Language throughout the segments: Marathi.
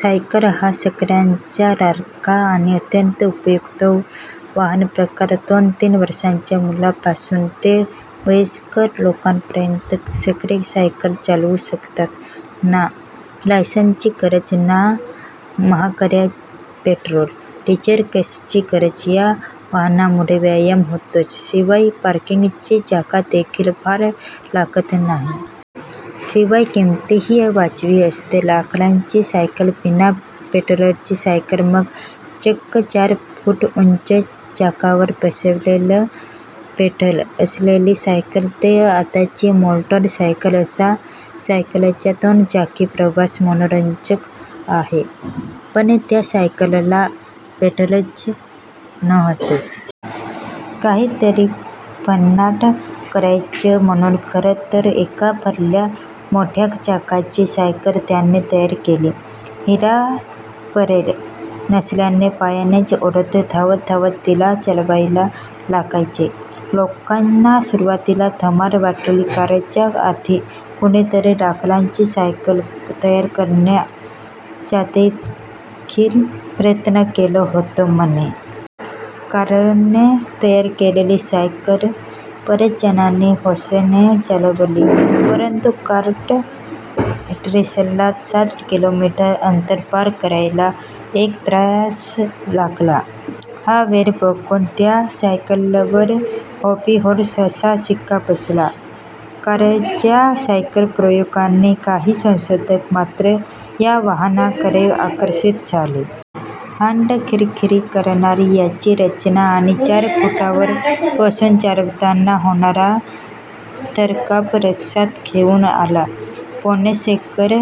सायकल हा सगळ्यांचा लाडका आणि अत्यंत उपयुक्त वाहन प्रकार! दोन-तीन वर्षांच्या मुलापासून ते वयस्क लोकांपर्यंत सगळे सायकल चालवू शकतात. ना लायसन्सची गरज, ना महागड्या पेट्रोल, डिझेल, गॅसची गरज! या वाहनामुळे व्यायाम होतोच; शिवाय पार्किंगची जागादेखील फार लागत नाही. शिवाय किंमतही वाजवी असते. लाकडाची सायकल, बिना पेडलची सायकल, मग चक्क चार फूट उंच चाकावर बसवलेले पेडल असलेली सायकल ते आताची मॉडर्न सायकल असा सायकलचा दोन चाकी प्रवास मनोरंजक आहे. पण त्या सायकलला पेडलच नव्हते! काहीतरी भन्नाट करायचं म्हणून खरं तर एका भल्या मोठ्या चाकाची सायकल त्याने तयार केली. हिला पेडल नसल्याने पायानेच ओढत, धावत-धावत तिला चालवायला लागायचे. लोकांना सुरुवातीला धमाल वाटली. कार्लच्या आधी कुणीतरी लाकडाची सायकल तयार करण्याचादेखील प्रयत्न केला होता म्हणे! कार्लने तयार केलेली सायकल बरेच जणांनी हौसेने चालवली. परंतु कार्ल ड्रिसला सात किलोमीटर अंतर पार करायला एक तास लागला होता! हा वेळ बघून त्या सायकलवर 'हॉबी हॉर्स' असा शिक्का बसला! कार्लच्या सायकल प्रयोगाने काही संशोधक मात्र या वाहनाकडे आकर्षित झाले. हाडं खिळखिळी करणारी याची रचना आणि चार फुटांवर बसून चालवताना होणारा थरकाप लक्षात घेऊन याला 'बोनशेकर'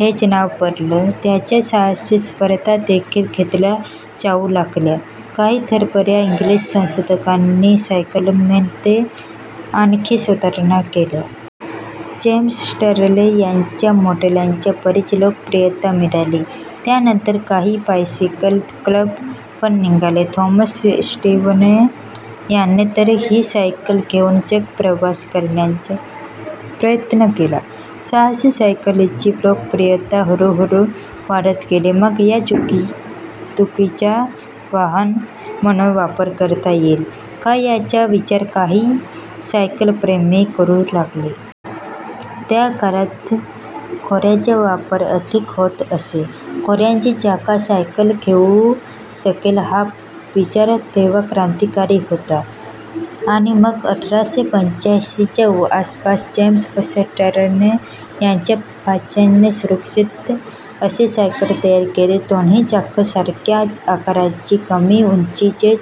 हेच नाव पडलं. याच्या साहसी स्पर्धा देखील घेतल्या जाऊ लागल्या. काही धडपड्या इंग्लिश संशोधकांनी या सायकलमध्ये आणखी सुधारणा केल्या. जेम्स स्टरले याच्या मॉडेलला बरीच लोकप्रियता मिळाली. त्यानंतर काही 'बायसिकल क्लब' पण निघाले. थॉमस स्टीव्हन याने तर ही सायकल घेऊन जगप्रवास करण्याचा प्रयत्न केला. साहसी सायकलींची लोकप्रियता हळूहळू वाढत गेली. मग या दुचाकीचा 'वाहन' म्हणून वापर करता येईल का, याचा विचार काही सायकलप्रेमी करू लागले. त्या काळात घोड्यांचा वापर अधिक होत असे. घोड्याची जागा सायकल घेऊ शकेल का, हा विचार तेव्हा क्रांतिकारी होता. आणि मग अठराशे पंच्याऐंशीच्या आसपास जेम्स स्टरले याच्या भाच्याने सुरक्षित अशी सायकल तयार केली. दोन्ही चाकं सारख्या आकाराची, कमी उंचीची,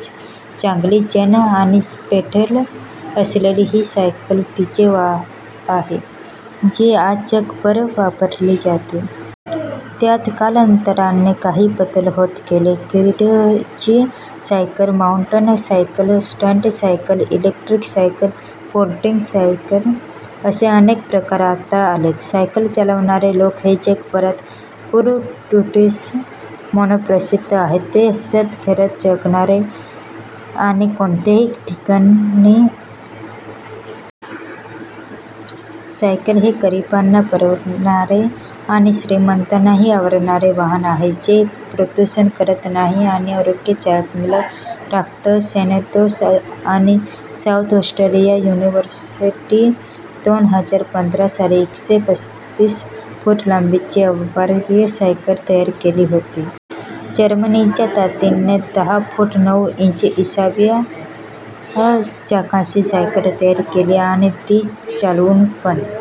चांगली चेन आणि पेडल असलेली ही सायकल तीच आहे, जी आज जगभर वापरली जाते. त्यात कालांतराने काही बदल होत गेले. गिअरची cycle, mountain cycle, stunt cycle, electric cycle, folding cycle असे अनेक प्रकार आता आलेत. सायकल चालवणारे लोक हे जगभरात 'कूल ड्युड्स' म्हणून प्रसिद्ध आहेत. ते हसत-खेळत जगणारे आणि कोणत्याही कठीण परिस्थितीचा सामना करू शकणारे असतात, असं मानलं जातं. सायकल हे गरिबांना परवडणारं आणि श्रीमंतांनाही आवडणारं वाहन आहे, जे प्रदूषण करत नाही आणि आरोग्य चांगलं राखतं. सॅनतोस आणि साऊथ ऑस्ट्रेलिया युनिव्हर्सिटीने दोन हजार पंधरा साली एकशे पस्तीस फूट लांबीची अवाढव्य सायकल तयार केली होती. जर्मनीच्या दीदीने दहा फूट नऊ इंच व्यासाच्या चाकाची सायकल तयार केली आणि ती चालवून पण